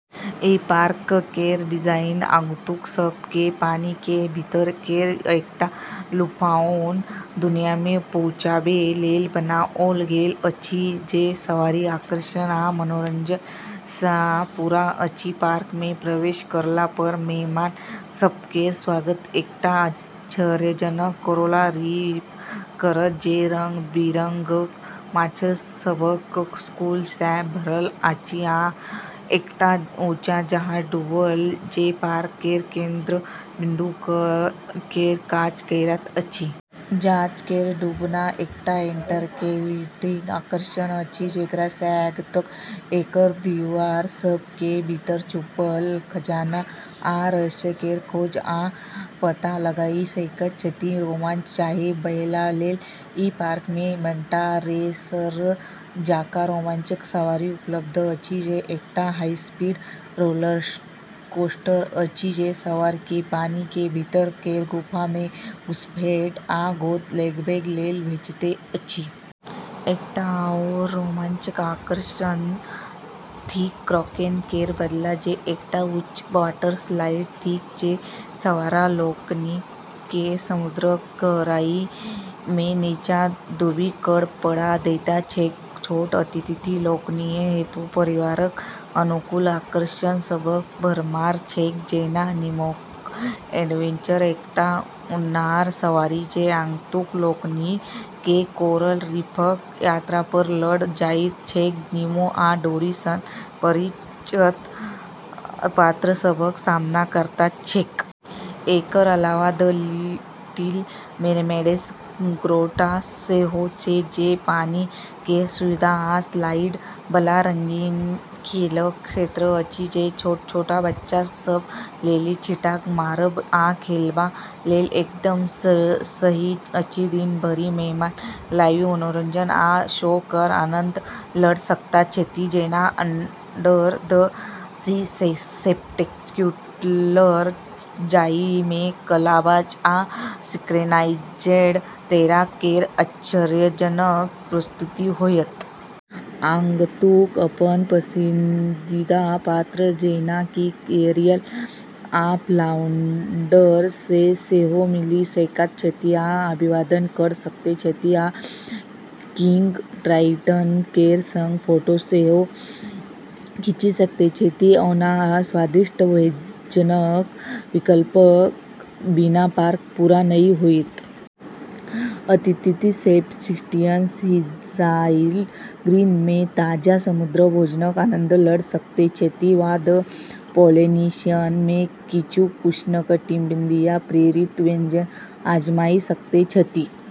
ई park केर design आगंतुक सभ केँ पानी के भीतर केर एकटा लुभाओन दुनिया मे पहुँचाबै लेल बनाओल गेल अछि, जे सवारी, आकर्षण, आ मनोरंजन सँ पूरा अछि। पार्क मे प्रवेश करला पर मेहमान सभ केर स्वागत एकटा आश्चर्यजनक कोरल रीफ करत, जे रंग-बिरंगक माछ सभक स्कूल सँ भरल अछि, आ एकटा ऊँच जहाज डूबल जे पार्क केर केंद्र बिन्दु केर काज करैत अछि। जहाज केर डूबना एकटा इंटरैक्टिव आकर्षण अछि जेकरा सँ आगंतुक एकर दीवार सभ के भीतर छुपल खजाना आ रहस्य केर खोज आ पता लगाइ सकैत छथि। रोमांच चाहै बला लेल ई पार्क मे "मंटा रे रेसर" जकाँ रोमांचक सवारी उपलब्ध अछि, जे एकटा हाई स्पीड रोलरकोस्टर अछि जे सवार केँ पानी के भीतर केर गुफा मे घुसपैठ आ गोता लगाबै लेल भेजैत अछि। एकटा आओर रोमांचक आकर्षण थिक "क्राकेन केर बदला", जे एकटा ऊँच वाटर स्लाइड थिक जे सवार लोकनि केँ समुद्रक गहराई मे नीचाँ डूबि कऽ पठा दैत छैक। छोट अतिथि लोकनि हेतु परिवारक अनुकूल आकर्षण सभक भरमार छैक जेना "नीमोक एडवेंचर", एकटा अन्हार सवारी जे आगंतुक लोकनि केँ कोरल रीफक यात्रा पर लऽ जाइत छैक, निमो आ डोरी सन परिचित पात्र सभक सामना करैत छैक। एकर अलावा "द लिटिल मरमेड्स ग्रोटो" सेहो छै, जे पानी केर सुविधा आ स्लाइड बला रंगीन खेलक क्षेत्र अछि, जे छोट-छोट बच्चा सभ लेली छींटा मारब आ खेलबा लेल एकदम सही अछि। दिन भरि मेहमान लाइव मनोरंजन आ शो केर आनंद लऽ सकैत छथि, जेना "अंडर द सी स्पेक्टेक्युलर", जाहि मे कलाबाज आ सिंक्रनाइज्ड तैराक केर आश्चर्यजनक प्रस्तुति होयत। आगंतुक अपन पसंदीदा पात्र जेना कि एरियल आ फ्लाउंडर सँ सेहो मिलि सकैत छथि आ अभिवादन कऽ सकैत छथि, आ किंग ट्राइटन केर सँग फोटो सेहो खींचि सकैत छथि। ओना, स्वादिष्ट भोजनक विकल्पक बिना पार्क पूरा नहि होइत! अतिथि "सेबस्टियन सीसाइड ग्रिल" मे ताजा समुद्री भोजनक आनंद लऽ सकैत छथि वा "द पोलिनेशियन" मे किछु उष्णकटिबंधीय प्रेरित व्यंजन आजमाइ सकैत छथि।